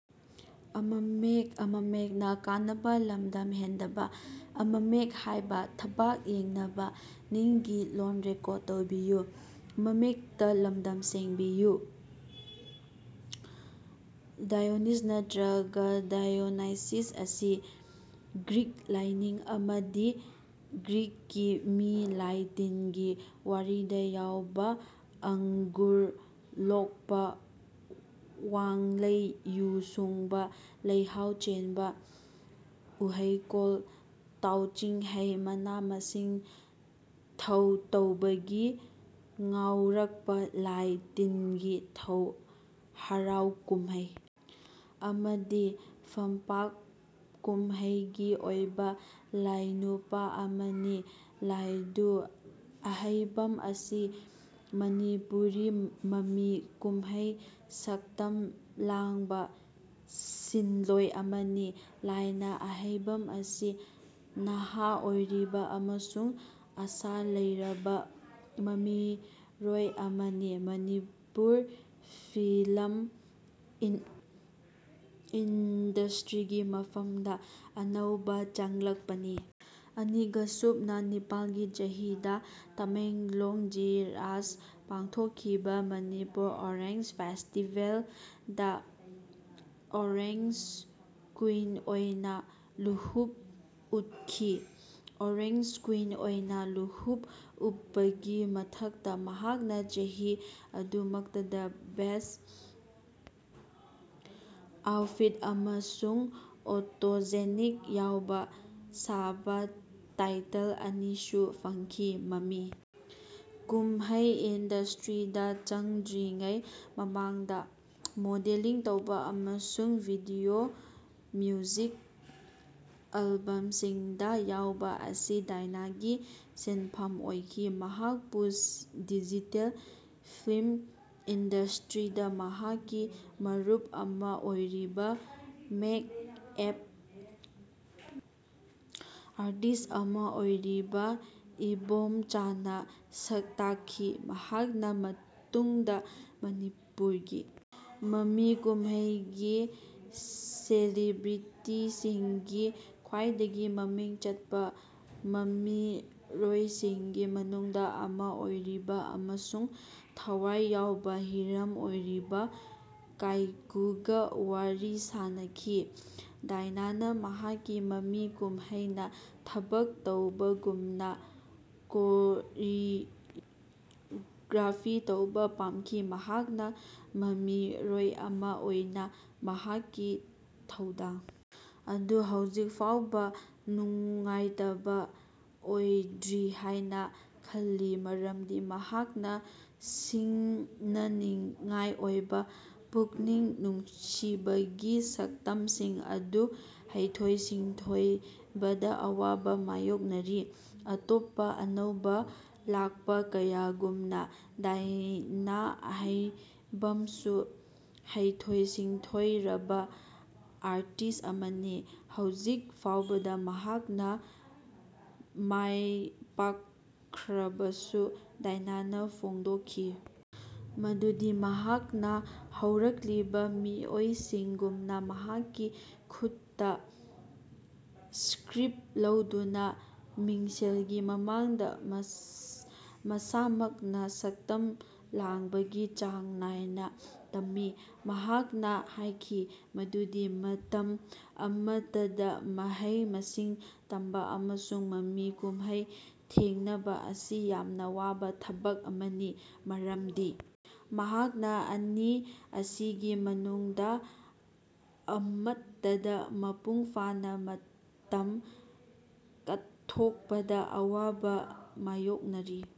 Dionysus ꯅꯠꯇ꯭ꯔꯒ diagnosis ꯑꯁꯤ Greek ꯂꯥꯢꯅꯤꯡ ꯑꯃꯗꯤ ꯒ꯭ꯔꯤꯛꯀꯤ ꯃꯤ ꯂꯥꯢ ꯇꯤꯟꯒꯤ ꯋꯥꯔꯤꯗ ꯌꯥꯎꯕ ꯑꯪꯒꯨꯔ ꯂꯣꯛꯄ, ꯋꯥꯡꯂꯩ ꯌꯨ ꯁꯨꯡꯕ, ꯂꯩꯍꯥꯎ ꯆꯦꯟꯕ, ꯎꯍꯩꯀꯣꯜ, ꯇꯥꯎꯆꯤꯡ ꯍꯩ, ꯃꯅꯥ ꯃꯁꯤꯡ, ꯊꯧ ꯇꯧꯕꯒꯤ ꯉꯥꯎꯔꯛꯄ, ꯂꯥꯢ ꯇꯤꯟꯒꯤ ꯊꯧ, ꯍꯔꯥꯎ ꯀꯨꯝꯍꯩ ꯑꯃꯗꯤ ꯐꯝꯄꯥꯛ ꯀꯨꯝꯍꯩ ꯒꯤ ꯑꯣꯢꯕ ꯂꯥꯢꯅꯨꯄꯥ ꯑꯃꯅꯤ꯫ ꯂꯥꯏꯗꯨ ꯑꯍꯩꯕꯝ ꯑꯁꯤ ꯃꯅꯤꯄꯨꯔꯤ ꯃꯃꯤ ꯀꯨꯝꯍꯩ ꯁꯛꯇꯝ ꯂꯥꯡꯕ ꯁꯤꯟꯂꯣꯏ ꯑꯃꯅꯤ꯫ ꯂꯥꯏꯅꯥ ꯑꯍꯩꯕꯝ ꯑꯁꯤ ꯅꯍꯥ ꯑꯣꯏꯔꯤꯕ ꯑꯃꯁꯨꯡ ꯑꯥꯁꯥ ꯂꯩꯔꯕ ꯃꯃꯤꯔꯣꯏ ꯑꯃꯅꯤ, ꯃꯅꯤꯄꯨꯔ ꯐꯤꯂꯝ ꯏꯟꯗꯁꯇ꯭ꯔꯤꯒꯤ ꯃꯐꯝꯗ ꯑꯅꯧꯕ ꯆꯪꯂꯛꯄꯅꯤ꯫ ꯑꯅꯤꯒꯥ ꯁꯨꯞꯅꯥ ꯅꯤꯄꯥꯜꯒꯤ ꯆꯍꯤꯗ ꯇꯥꯃꯦꯡꯂꯣꯡ ꯖꯤꯂꯥꯗ ꯄꯥꯡꯊꯣꯛꯈꯤꯕ ꯃꯅꯤꯄꯨꯔ ꯑꯣꯔꯦꯟꯖ ꯐꯦꯁꯇꯤꯕꯦꯜꯗ ꯑꯣꯔꯦꯟꯖ ꯀ꯭ꯋꯤꯟ ꯑꯣꯏꯅ ꯂꯨꯍꯨꯞ ꯎꯠꯈꯤ꯫ ꯑꯣꯔꯦꯟꯖ ꯀ꯭ꯋꯤꯟ ꯑꯣꯏꯅ ꯂꯨꯍꯨꯞ ꯎꯞꯄꯒꯤ ꯃꯊꯛꯇ, ꯃꯍꯥꯛꯅ ꯆꯍꯤ ꯑꯗꯨꯃꯛꯇꯗ ꯕꯦꯁ ꯑꯥꯎꯠꯐꯤꯠ ꯑꯃꯁꯨꯡ ꯑꯣꯇꯣꯖꯦꯅꯤꯛ ꯌꯥꯎꯕ ꯁꯥꯕꯥ-ꯇꯥꯏꯇꯜ ꯑꯅꯤꯁꯨ ꯐꯪꯈꯤ꯫ ꯃꯃꯤ ꯀꯨꯝꯍꯩ ꯏꯟꯗꯁꯇ꯭ꯔꯤꯗ ꯆꯪꯗ꯭ꯔꯤꯉꯩ ꯃꯃꯥꯡꯗ ꯃꯣꯗꯦꯂꯤꯡ ꯇꯧꯕ ꯑꯃꯁꯨꯡ ꯚꯤꯗꯤꯑꯣ ꯃ꯭ꯌꯨꯖꯤꯛ ꯑꯦꯜꯕꯝꯁꯤꯡꯗ ꯌꯥꯎꯕ ꯑꯁꯤ ꯗꯥꯏꯅꯥꯒꯤ ꯁꯤꯟꯐꯝ ꯑꯣꯏꯈꯤ꯫ ꯃꯍꯥꯛꯄꯨ ꯗꯤꯖꯤꯇꯦꯜ ꯐꯤꯂꯝ ꯏꯟꯗꯁꯇ꯭ꯔꯤꯗ ꯃꯍꯥꯛꯀꯤ ꯃꯔꯨꯞ ꯑꯃ ꯑꯣꯏꯔꯤꯕ ꯃꯦꯛ ꯑꯦꯞ ꯑꯥꯔꯇꯤꯁ꯭ꯠ ꯑꯃ ꯑꯣꯏꯔꯤꯕ ꯏꯕꯣꯝꯆꯥꯅ ꯁꯛꯇꯥꯛꯈꯤ, ꯃꯍꯥꯛꯅ ꯃꯇꯨꯡꯗ ꯃꯅꯤꯄꯨꯔꯒꯤ ꯃꯃꯤ ꯀꯨꯝꯍꯩꯒꯤ ꯁꯦꯂꯤꯕ꯭ꯔꯤꯇꯤꯁꯤꯡꯒꯤ ꯈ꯭ꯋꯥꯏꯗꯒꯤ ꯃꯃꯤꯡ ꯆꯠꯄ ꯃꯃꯤꯔꯣꯏꯁꯤꯡꯒꯤ ꯃꯅꯨꯡꯗ ꯑꯃ ꯑꯣꯏꯔꯤꯕ ꯑꯃꯁꯨꯡ ꯊꯋꯥꯏ ꯌꯥꯎꯕ ꯍꯤꯔꯝ ꯑꯣꯏꯔꯤꯕ ꯀꯥꯏꯀꯨꯒ ꯋꯥꯔꯤ ꯁꯥꯟꯅꯈꯤ꯫ ꯗꯥꯏꯅꯥꯅ ꯃꯍꯥꯛꯀꯤ ꯃꯃꯤ ꯀꯨꯝꯍꯩꯅ ꯊꯕꯛ ꯇꯧꯕꯒꯨꯝꯅ ꯀꯣꯔꯤꯒ꯭ꯔꯥꯐꯤ ꯇꯧꯕ ꯄꯥꯝꯈꯤ꯫ ꯃꯍꯥꯛꯅ ꯃꯃꯤꯔꯣꯏ ꯑꯃ ꯑꯣꯏꯅ ꯃꯍꯥꯛꯀꯤ ꯊꯧꯗꯥꯡ ꯑꯗꯨ ꯍꯧꯖꯤꯛ ꯐꯥꯎꯕ ꯅꯨꯡꯉꯥꯏꯇꯕ ꯑꯣꯏꯗ꯭ꯔꯤ ꯍꯥꯏꯅ ꯈꯜꯂꯤ ꯃꯔꯝꯗꯤ ꯃꯍꯥꯛꯅ ꯁꯤꯡꯅꯅꯤꯡꯉꯥꯏ ꯑꯣꯏꯕ ꯄꯨꯛꯅꯤꯡ ꯅꯨꯡꯁꯤꯕꯒꯤ ꯁꯛꯇꯝꯁꯤꯡ ꯑꯗꯨ ꯍꯩꯊꯣꯏ-ꯁꯤꯡꯊꯣꯏꯕꯗ ꯑꯋꯥꯕ ꯃꯥꯌꯣꯛꯅꯔꯤ꯫ ꯑꯇꯣꯞꯄ ꯑꯅꯧꯕ ꯂꯥꯛꯄ ꯀꯌꯥꯒꯨꯝꯅ, ꯗꯥꯏꯅꯥ ꯑꯍꯩꯕꯝꯁꯨ ꯍꯩꯊꯣꯏ-ꯁꯤꯡꯊꯣꯏꯔꯕ ꯑꯥꯔꯇꯤꯁ ꯑꯃꯅꯤ꯫ ꯍꯧꯖꯤꯛ ꯐꯥꯎꯕꯗ ꯃꯍꯥꯛꯅ ꯃꯥꯏꯄꯥꯛꯈ꯭ꯔꯕꯁꯨ, ꯗꯥꯏꯅꯥꯅ ꯐꯣꯡꯗꯣꯛꯈꯤ ꯃꯗꯨꯗꯤ ꯃꯍꯥꯛꯅ ꯍꯧꯔꯛꯂꯤꯕ ꯃꯤꯑꯣꯏꯁꯤꯡꯒꯨꯝꯅ ꯃꯍꯥꯛꯀꯤ ꯈꯨꯠꯇ ꯁ꯭ꯀ꯭ꯔꯤꯞ ꯂꯧꯗꯨꯅ ꯃꯤꯡꯁꯦꯜꯒꯤ ꯃꯃꯥꯡꯗ ꯃꯁꯥꯃꯛꯅ ꯁꯛꯇꯝ ꯂꯥꯡꯕꯒꯤ ꯆꯥꯡ ꯅꯥꯏꯅ ꯇꯝꯃꯤ꯫ ꯃꯍꯥꯛꯅ ꯍꯥꯏꯈꯤ ꯃꯗꯨꯗꯤ ꯃꯇꯝ ꯑꯃꯇꯗ ꯃꯍꯩ-ꯃꯁꯤꯡ ꯇꯝꯕ ꯑꯃꯁꯨꯡ ꯃꯃꯤ ꯀꯨꯝꯍꯩ ꯊꯦꯡꯅꯕ, ꯑꯁꯤ ꯌꯥꯝꯅ ꯋꯥꯕ ꯊꯕꯛ ꯑꯃꯅꯤ ꯃꯔꯝꯗꯤ ꯃꯍꯥꯛꯅ ꯑꯅꯤ ꯑꯁꯤꯒꯤ ꯃꯅꯨꯡꯗ ꯑꯃꯠꯇꯗ ꯃꯄꯨꯡ ꯐꯥꯅ ꯃꯇꯝ ꯀꯠꯊꯣꯛꯄꯗ ꯑꯋꯥꯕ ꯃꯥꯌꯣꯛꯅꯔꯤ꯫